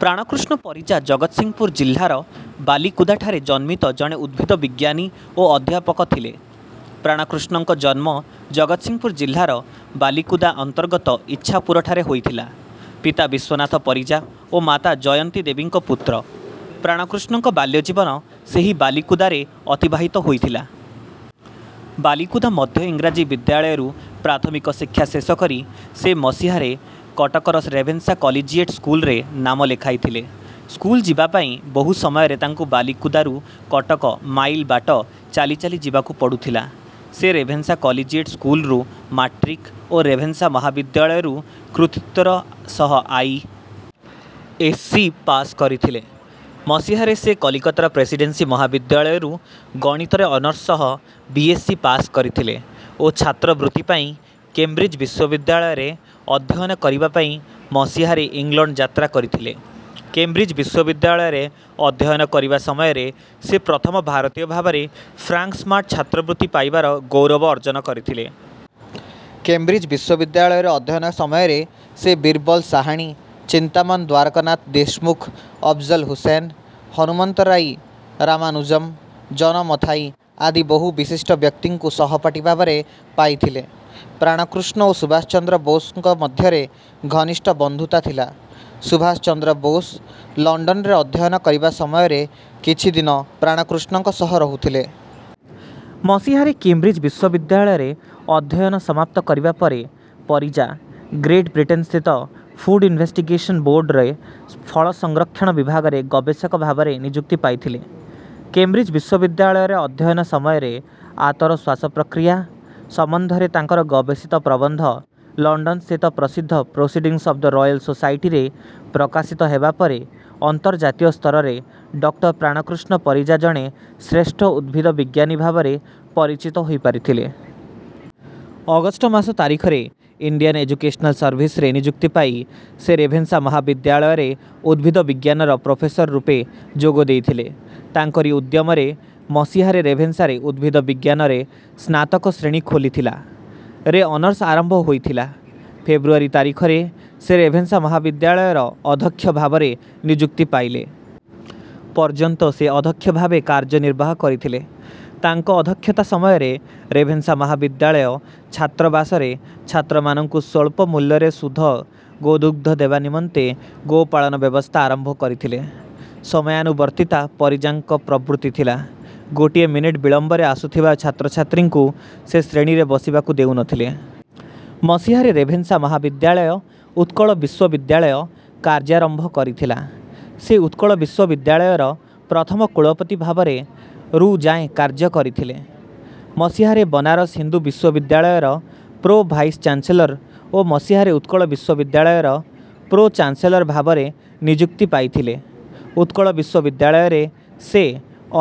ପ୍ରାଣକୃଷ୍ଣ ପରିଜା ଜଗତସିଂହପୁର ଜିଲ୍ଲାର ବାଲିକୁଦାଠାରେ ଜନ୍ମିତ ଜଣେ ଉଦ୍ଭିଦ ବିଜ୍ଞାନି ଓ ଅଧ୍ୟାପକ ଥିଲେ। ପ୍ରାଣକୃଷ୍ଣଙ୍କ ଜନ୍ମ ଜଗତସିଂହପୁର ଜିଲ୍ଲାର, ବାଲିକୁଦା ଅନ୍ତର୍ଗତ ଇଚ୍ଛାପୁରଠାରେ ହୋଇଥିଲା। ପିତା ବିଶ୍ୱନାଥ ପରିଜା ଓ ମାତା ଜୟନ୍ତୀ ଦେବୀଙ୍କ ପୁତ୍ର, ପ୍ରାଣକୃଷ୍ଣଙ୍କ ବାଲ୍ୟଜୀବନ ସେହି ବାଲିକୁଦାରେ ଅତିବାହିତ ହୋଇଥିଲା। ବାଲିକୁଦା ମଧ୍ୟଇଂରାଜୀ ବିଦ୍ୟାଳୟରୁ ପ୍ରାଥମିକ ଶିକ୍ଷା ଶେଷକରି, ସେ ମସିହାରେ କଟକ ର ରେଭେନ୍ସା କଲିଜିଏଟ ସ୍କୁଲ ରେ ନାମ ଲେଖାଇଥିଲେ। ସ୍କୁଲ ଯିବା ପାଇଁ, ବହୁ ସମୟରେ ତାଙ୍କୁ ବାଲିକୁଦାରୁ କଟକ, ମାଇଲ ବାଟ, ଚାଲି ଚାଲି ଯିବାକୁ ପଡୁଥିଲା। ସେ ରେଭେନ୍ସା କଲିଜିଏଟ ସ୍କୁଲରୁ ମାଟ୍ରିକ ଓ ରେଭେନ୍ସା ମହାବିଦ୍ୟାଳୟ ରୁ କୃତିତ୍ୱର ସହ ଆଇ. ଏସ୍. ସି. ପାସକରିଥିଲେ। ମସିହାରେ ସେ କଲିକତାର ପ୍ରେସିଡେନ୍ସି ମହାବିଦ୍ୟାଳୟରୁ ଗଣିତ ରେ ଅନର୍ସ ସହ ବି. ଏସ୍. ସି. ପାସ କରିଥିଲେ ଓ ଛାତ୍ରବୃତ୍ତି ପାଇ କେମ୍ବ୍ରିଜ ବିଶ୍ୱବିଦ୍ୟାଳୟ ରେ ଅଧ୍ୟୟନ କରିବା ପାଇଁ ମସିହାରେ ଇଂଲଣ୍ଡ ଯାତ୍ରା କରିଥିଲେ। କେମ୍ବ୍ରିଜ ବିଶ୍ୱବିଦ୍ୟାଳୟରେ ଅଧ୍ୟୟନ କରିବା ସମୟରେ, ସେ ପ୍ରଥମ ଭାରତୀୟ ଭାବରେ ଫ୍ରାଙ୍କସ୍ମାର୍ଟ ଛାତ୍ରବୃତ୍ତି ପାଇବାର ଗୌରବ ଅର୍ଜ୍ଜନ କରିଥିଲେ। କେମ୍ବ୍ରିଜ ବିଶ୍ୱବିଦ୍ୟାଳୟରେ ଅଧ୍ୟୟନ ସମୟରେ, ସେ ବୀରବଲ ସାହାଣୀ, ଚିନ୍ତାମନ ଦ୍ୱାରକାନାଥ ଦେଶମୁଖ, ଅଫଜଲ ହୁସେନ, ହନୁମନ୍ତରାଇ, ରାମାନୁଜମ, ଜନ ମଥାଇ ଆଦି ବହୁ ବିଶିଷ୍ଟ ବ୍ୟକ୍ତିଙ୍କୁ ସହପାଠୀଭାବରେ ପାଇଥିଲେ। ପ୍ରାଣକୃଷ୍ଣ ଓ ସୁଭାଷ ଚନ୍ଦ୍ର ବୋଷଙ୍କ ମଧ୍ୟରେ ଘନିଷ୍ଟ ବନ୍ଧୁତା ଥିଲା। ସୁଭାଷ ଚନ୍ଦ୍ର ବୋଷ ଲଣ୍ଡନରେ ଅଧ୍ୟୟନ କରିବା ସମୟରେ, କିଛି ଦିନ, ପ୍ରାଣକୃଷ୍ଣଙ୍କ ସହ ରହୁଥିଲେ। ମସିହାରେ, କେମ୍ବ୍ରିଜ ବିଶ୍ୱବିଦ୍ୟାଳୟରେ ଅଧ୍ୟୟନ ସମାପ୍ତ କରିବା ପରେ, ପରିଜା ଗ୍ରେଟବ୍ରିଟେନସ୍ଥିତ ଫୁଡ ଇନଭେଷ୍ଟିଗେସନ ବୋର୍ଡ଼ରେ ଫଳ ସଂରକ୍ଷଣ ବିଭାଗର ଗବେଷକ ଭାବରେ ନିଯୁକ୍ତି ପାଇଥିଲେ। କେମ୍ବ୍ରିଜ ବିଶ୍ୱବିଦ୍ୟାଳୟରେ ଅଧ୍ୟୟନ ସମୟରେ ଆତର ଶ୍ୱାସପ୍ରକ୍ରିୟା ସମ୍ବନ୍ଧରେ ତାଙ୍କର ଗବେଷିତ ପ୍ରବନ୍ଧ, ଲଣ୍ଡନସ୍ଥିତ ପ୍ରସିଦ୍ଧ Proceedings of the Royal Society ରେ ପ୍ରକାଶିତ ହେବା ପରେ, ଅନ୍ତର୍ଜାତୀୟ ସ୍ତରରେ ଡଃ ପ୍ରାଣକୃଷ୍ଣ ପରିଜା ଜଣେ ଶ୍ରେଷ୍ଠ ଉଦ୍ଭୀଦ ବିଜ୍ଞାନୀ ଭାବରେ ପରିଚିତ ହୋଇପାରିଥିଲେ। ଅଗଷ୍ଟ ମାସ ତାରିଖରେ, ଇଣ୍ଡିଆନ ଏଜୁକେସନାଲ ସର୍ଭିସରେ ନିଯୁକ୍ତି ପାଇ, ସେ ରେଭେନ୍ସା ମହାବିଦ୍ୟାଳୟରେ ଉଦ୍ଭିଦ ବିଜ୍ଞାନର ପ୍ରଫେସର ରୂପେ ଯୋଗ ଦେଇଥିଲେ। ତାଙ୍କରି ଉଦ୍ୟମରେ ମସିହାରେ ରେଭେନ୍ସାରେ ଉଦ୍ଭିଦ ବିଜ୍ଞାନରେ ସ୍ନାତକ ଶ୍ରେଣୀ ଖୋଲିଥିଲା। ରେ ଅନର୍ସ ଆରମ୍ଭ ହୋଇଥିଲା। ଫେବୃୟାରୀ ତାରିଖରେ, ସେ ରେଭେନ୍ସା ମହାବିଦ୍ୟାଳୟର ଅଧ୍ୟକ୍ଷ ଭାବରେ ନିଯୁକ୍ତି ପାଇଲେ। ପର୍ଯ୍ୟନ୍ତ ସେ ଅଧ୍ୟକ୍ଷ ଭାବେ କାର୍ଯ୍ୟନିର୍ବାହ କରିଥିଲେ। ତାଙ୍କ ଅଧ୍ୟକ୍ଷତା ସମୟରେ ରେଭେନ୍ସା ମହାବିଦ୍ୟାଳୟ ଛାତ୍ରାବାସରେ ଛାତ୍ରମାନଙ୍କୁ ସ୍ୱଳ୍ପମୂଲ୍ୟରେ ଶୁଦ୍ଧ ଗୋଦୁଗ୍ଧ ଦେବା ନିମନ୍ତେ ଗୋପାଳନ ବ୍ୟବସ୍ଥା ଆରମ୍ଭ କରିଥିଲେ। ସମୟାନୁବର୍ତ୍ତିତା ପରିଜାଙ୍କ ପ୍ରବୃତ୍ତି ଥିଲା। ଗୋଟିଏ ମିନିଟ ବିଳମ୍ବରେ ଆସୁଥିବା ଛାତ୍ରଛାତ୍ରୀଙ୍କୁ ସେ ଶ୍ରେଣୀରେ ବସିବାକୁ ଦେଉନଥିଲେ। ମସିହାରେ ରେଭେନ୍ସା ମହାବିଦ୍ୟାଳୟ ଉତ୍କଳ ବିଶ୍ୱବିଦ୍ୟାଳୟ କାର୍ଯ୍ୟାରମ୍ଭ କରିଥିଲା। ସେ ଉତ୍କଳ ବିଶ୍ୱବିଦ୍ୟାଳୟର ପ୍ରଥମ କୂଳପତି ଭାବରେ ରୁ ଯାଏଁ କାର୍ଯ୍ୟ କରିଥିଲେ। ମସିହାରେ ବନାରସ ହିନ୍ଦୁ ବିଶ୍ୱବିଦ୍ୟାଳୟର ପ୍ରୋ-ଭାଇସଚାନ୍ସଲର ଓ ମସିହାରେ ଉତ୍କଳ ବିଶ୍ୱବିଦ୍ୟାଳୟର ପ୍ରୋ-ଚାନ୍ସଲର ଭାବରେ ନିଯୁକ୍ତି ପାଇଥିଲେ। ଉତ୍କଳ ବିଶ୍ୱବିଦ୍ୟାଳୟରେ ସେ,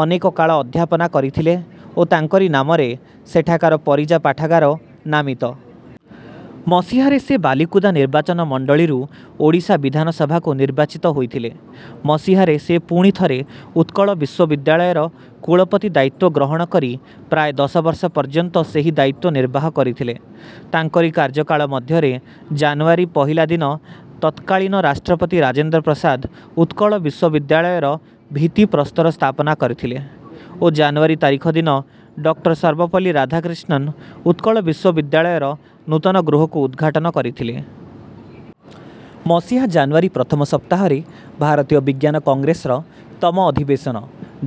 ଅନେକ କାଳ ଅଧ୍ୟାପନ କରିଥିଲେ ଓ ତାଙ୍କରି ନାମରେ ସେଠାକାର ପରିଜା ପାଠାଗାର ନାମିତ। ମସିହାରେ, ସେ ବାଲିକୁଦା ନିର୍ବାଚନ ମଣ୍ଡଳୀରୁ ଓଡ଼ିଶା ବିଧାନ ସଭାକୁ ନିର୍ବାଚିତ ହୋଇଥିଲେ। ମସିହାରେ ସେ ପୁଣି ଥରେ, ଉତ୍କଳ ବିଶ୍ୱବିଦ୍ୟାଳୟର କୂଳପତି ଦାୟିତ୍ୱ ଗ୍ରହଣ କରି, ପ୍ରାୟ ଦଶବର୍ଷ ପର୍ଯ୍ୟନ୍ତ ସେହି ଦାୟିତ୍ୱ ନିର୍ବାହ କରିଥିଲେ। ତାଙ୍କରି କାର୍ଯ୍ୟକାଳ ମଧ୍ୟରେ, ଜାନୁୟାରୀ ପହିଲା ଦିନ ତତ୍କାଳୀନ ରାଷ୍ଟ୍ରପତି ରାଜେନ୍ଦ୍ର ପ୍ରସାଦ, ଉତ୍କଳ ବିଶ୍ୱବିଦ୍ୟାଳୟର ଭିତ୍ତିପ୍ରସ୍ତର ସ୍ଥାପନ କରିଥିଲେ ଓ ଜାନୁୟାରୀ ତାରିଖ ଦିନ, ଡଃ ସର୍ବପଲ୍ଲୀ ରାଧାକ୍ରିଷ୍ଣନ, ଉତ୍କଳ ବିଶ୍ୱବିଦ୍ୟାଳୟର ନୂତନ ଗୃହକୁ ଉଦଘାଟନ କରିଥିଲେ। ମସିହା ଜାନୁୟାରୀ ପ୍ରଥମ ସପ୍ତାହରେ ଭାରତୀୟ ବିଜ୍ଞାନ କଂଗ୍ରେସର ତମ ଅଧିବେଶନ,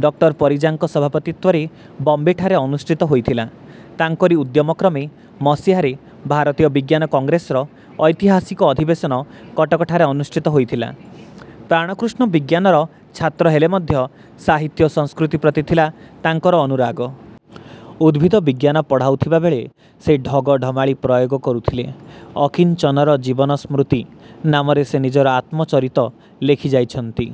ଡଃ ପରିଜାଙ୍କ ସଭାପତିତ୍ୱରେ ବମ୍ବେଠାରେ ଅନୁଷ୍ଠିତ ହୋଇଥିଲା। ତାଙ୍କରି ଉଦ୍ୟମକ୍ରମେ ମସିହାରେ ଭାରତୀୟ ବିଜ୍ଞାନ କଂଗ୍ରେସର ଐତିହାସିକ ଅଧିବେଶନ କଟକଠାରେ ଅନୁଷ୍ଠିତ ହୋଇଥିଲା। ପ୍ରାଣକୃଷ୍ଣ ବିଜ୍ଞାନର ଛାତ୍ର ହେଲେ ମଧ୍ୟ, ସାହିତ୍ୟ, ସଂସ୍କୃତି ପ୍ରତି ଥିଲା ତାଙ୍କର ଅନୁରାଗ। ଉଦ୍ଭିଦ ବିଜ୍ଞାନ ପଢାଉଥିବାବେଳେ, ସେ ଢଗ ଢମାଳି ପ୍ରୟୋଗ କରୁଥିଲେ। "ଅକିଞ୍ଚନର ଜୀବନ ସ୍ମୃତି" ନାମରେ ସେ ନିଜର ଆତ୍ମ-ଚରିତ ଲେଖିଯାଇଛନ୍ତି।।